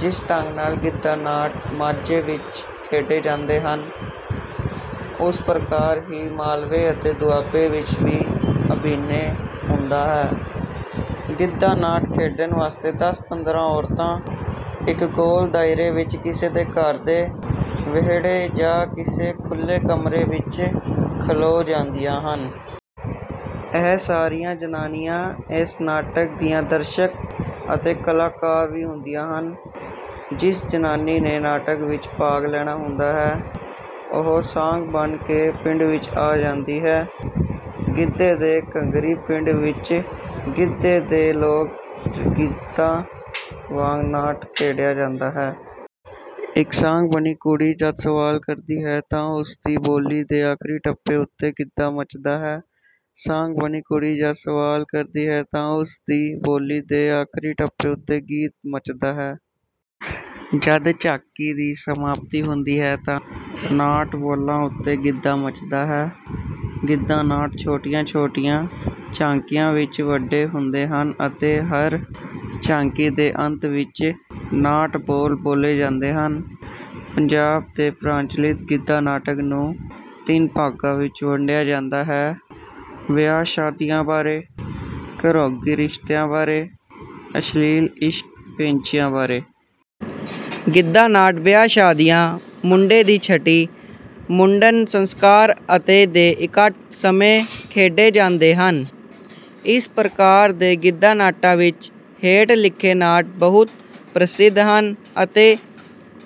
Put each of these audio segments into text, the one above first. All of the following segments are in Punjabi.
ਜਿਸ ਢੰਗ ਨਾਲ ਗਿੱਧਾ ਨਾਟ ਮਾਝੇ ਵਿੱਚ ਖੇਡੇ ਜਾਂਦੇ ਹਨ, ਉਸ ਪ੍ਰਕਾਰ ਹੀ ਮਾਲਵੇ ਅਤੇ ਦੁਆਬੇ ਵਿੱਚ ਵੀ ਅਭਿਨੈ ਹੁੰਦਾ ਹੈ। ਗਿੱਧਾ ਨਾਟ ਖੇਡਣ ਵਾਸਤੇ ਦਸ ਪੰਦਰਾਂ ਔਰਤਾਂ ਇੱਕ ਗੋਲ ਦਾਇਰੇ ਵਿੱਚ ਕਿਸੇ ਦੇ ਘਰ ਦੇ ਵਿਹੜੇ ਜਾਂ ਕਿਸੇ ਖੁੱਲ੍ਹੇ ਕਮਰੇ ਵਿੱਚ ਖਲੋ ਜਾਂਦੀਆਂ ਹਨ। ਇਹ ਸਾਰੀਆਂ ਜ਼ਨਾਨੀਆਂ ਇਸ ਨਾਟਕ ਦੀਆਂ ਦਰਸ਼ਕ ਅਤੇ ਕਲਾਕਾਰ ਵੀ ਹੁੰਦੀਆਂ ਹਨ। ਜਿਸ ਜ਼ਨਾਨੀ ਨੇ ਨਾਟਕ ਵਿੱਚ ਭਾਗ ਲੈਣਾ ਹੁੰਦਾ ਹੈ, ਉਹ ਸਾਂਗ ਬਣ ਕੇ ਪਿੜ ਵਿੱਚ ਆ ਜਾਂਦੀ ਹੈ। ਗਿੱਧੇ ਦੇ ਘੱਗਰੀ ਪਿੜ ਵਿੱਚ ਗਿੱਧੇ ਦੇ ਲੋਕ ਗੀਤਾਂ ਵਾਂਗ ਨਾਟ ਖੇਡਿਆ ਜਾਂਦਾ ਹੈ। ਇੱਕ ਸਾਂਗ ਬਣੀ ਕੁੜੀ ਜਦ ਸਵਾਲ ਕਰਦੀ ਹੈ ਤਾਂ ਉਸ ਦੀ ਬੋਲੀ ਦੇ ਆਖ਼ਰੀ ਟੱਪੇ ਉੱਤੇ ਗਿੱਧਾ ਮੱਚਦਾ ਹੈ। ਸਾਂਗ ਬਣੀ ਕੁੜੀ ਜਦ ਸਵਾਲ ਕਰਦੀ ਹੈ ਤਾਂ ਉਸ ਦੀ ਬੋਲੀ ਦੇ ਆਖ਼ਰੀ ਟੱਪੇ ਉੱਤੇ ਗੀਤ ਮੱਚਦਾ ਹੈ। ਜਦ ਝਾਕੀ ਦੀ ਸਮਾਪਤੀ ਹੁੰਦੀ ਹੈ ਤਾਂ 'ਨਾਟ ਬੋਲਾਂ' ਉੱਤੇ ਗਿੱਧਾ ਮੱਚਦਾ ਹੈ। ਗਿੱਧਾ ਨਾਟ ਛੋਟੀਆਂ-ਛੋਟੀਆਂ ਝਾਕੀਆਂ ਵਿੱਚ ਵੰਡੇ ਹੁੰਦੇ ਹਨ ਅਤੇ ਹਰ ਝਾਕੀ ਦੇ ਅੰਤ ਵਿੱਚ 'ਨਾਟ ਬੋਲ' ਬੋਲੇ ਜਾਂਦੇ ਹਨ। ਪੰਜਾਬ ਦੇ ਪ੍ਰਚੱਲਿਤ ਗਿੱਧਾ ਨਾਟਕ ਨੂੰ ਤਿੰਨ ਭਾਗਾਂ ਵਿੱਚ ਵੰਡਿਆ ਜਾਂਦਾ ਹੈ: ਵਿਆਹ ਸ਼ਾਦੀਆਂ ਬਾਰੇ, ਘਰੋਗੀ ਰਿਸ਼ਤਿਆਂ ਬਾਰੇ, ਅਸ਼ਲੀਲ ਇਸ਼ਕ ਪੇਚਿਆਂ ਬਾਰੇ। ਗਿੱਧਾ ਨਾਟ ਵਿਆਹ ਸ਼ਾਦੀਆਂ, ਮੁੰਡੇ ਦੀ ਛਟੀ, ਮੁੰਡਨ ਸੰਸਕਾਰ ਅਤੇ ਦੇ ਇਕੱਠ ਸਮੇਂ ਖੇਡੇ ਜਾਂਦੇ ਹਨ। ਇਸ ਪ੍ਰਕਾਰ ਦੇ ਗਿੱਧਾ ਨਾਟਾਂ ਵਿੱਚ ਹੇਠ ਲਿਖੇ ਨਾਟ ਬਹੁਤ ਪ੍ਰਸਿੱਧ ਹਨ ਅਤੇ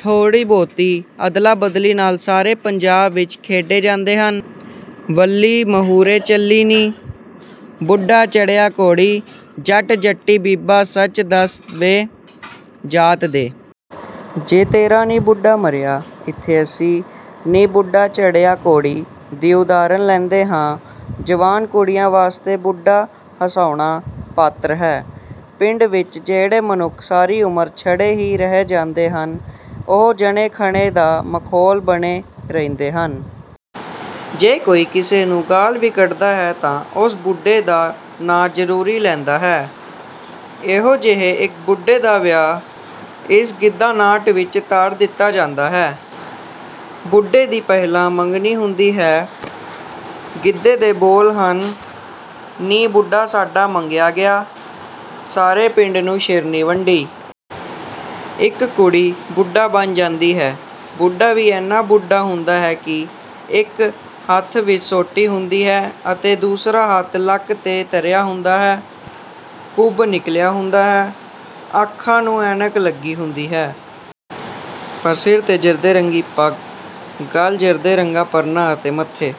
ਥੋੜ੍ਹੀ-ਬਹੁਤੀ ਅਦਲਾ-ਬਦਲੀ ਨਾਲ ਸਾਰੇ ਪੰਜਾਬ ਵਿੱਚ ਖੇਡੇ ਜਾਂਦੇ ਹਨ: ਵਲੱਲੀ ਸਹੁਰੇ ਚੱਲੀ ਨੀ, ਬੁੱਢਾ ਚੜ੍ਹਿਆ ਘੋੜੀ, ਜੱਟ ਜੱਟੀ ਬੀਬਾ ਸੱਚ ਦੱਸ ਵੇ, ਜਾਤ ਦੇ। ਜੇ ਤੇਰਾ ਨੀ ਬੁੱਢਾ ਮਰਿਆ। ਇੱਥੇ ਅਸੀਂ 'ਨੀ ਬੁੱਢਾ ਚੜ੍ਹਿਆ ਘੋੜੀ' ਦੀ ਉਦਾਹਰਨ ਲੈਂਦੇ ਹਾਂ। ਜਵਾਨ ਕੁੜੀਆਂ ਵਾਸਤੇ ਬੁੱਢਾ ਹਸਾਉਣਾ ਪਾਤਰ ਹੈ। ਪਿੰਡ ਵਿੱਚ ਜਿਹੜੇ ਮਨੁੱਖ ਸਾਰੀ ਉਮਰ ਛੜੇ ਹੀ ਰਹਿ ਜਾਂਦੇ ਹਨ, ਉਹ ਜਣੇ-ਖਣੇ ਦਾ ਮਖ਼ੌਲ ਬਣੇ ਰਹਿੰਦੇ ਹਨ। ਜੇ ਕੋਈ ਕਿਸੇ ਨੂੰ ਗਾਲ੍ਹ ਵੀ ਕੱਢਦਾ ਹੈ ਤਾਂ ਉਸ ਬੁੱਢੇ ਦਾ ਨਾਂ ਜ਼ਰੂਰੀ ਲੈਂਦਾ ਹੈ। ਇਹੋ ਜਿਹੇ ਇੱਕ ਬੁੱਢੇ ਦਾ ਵਿਆਹ ਇਸ ਗਿੱਧਾ ਨਾਟ ਵਿੱਚ ਧਰ ਦਿੱਤਾ ਜਾਂਦਾ ਹੈ। ਬੁੱਢੇ ਦੀ ਪਹਿਲਾਂ ਮੰਗਣੀ ਹੁੰਦੀ ਹੈ, ਗਿੱਧੇ ਦੇ ਬੋਲ ਹਨ: "ਨੀ ਬੁੱਢਾ ਸਾਡਾ ਮੰਗਿਆ ਗਿਆ, ਸਾਰੇ ਪਿੰਡ ਨੂੰ ਸ਼ੀਰਨੀ ਵੰਡੀ।" ਇੱਕ ਕੁੜੀ ਬੁੱਢਾ ਬਣ ਜਾਂਦੀ ਹੈ। ਬੁੱਢਾ ਵੀ ਏਨਾ ਬੁੱਢਾ ਹੁੰਦਾ ਹੈ ਕਿ ਇੱਕ ਹੱਥ ਵਿੱਚ ਸੋਟੀ ਹੁੰਦੀ ਹੈ ਅਤੇ ਦੂਸਰਾ ਹੱਥ ਲੱਕ ਤੇ ਧਰਿਆ ਹੁੰਦਾ ਹੈ। ਕੁੱਬ ਨਿਕਲਿਆ ਹੁੰਦਾ ਹੈ, ਅੱਖਾਂ ਨੂੰ ਐਨਕ ਲੱਗੀ ਹੁੰਦੀ ਹੈ। ਪਰ ਸਿਰ ਤੇ ਜਰਦੇ ਰੰਗੀ ਪੱਗ, ਗਲ ਜਰਦੇ ਰੰਗਾ ਪਰਨਾ ਅਤੇ ਮੱਥੇ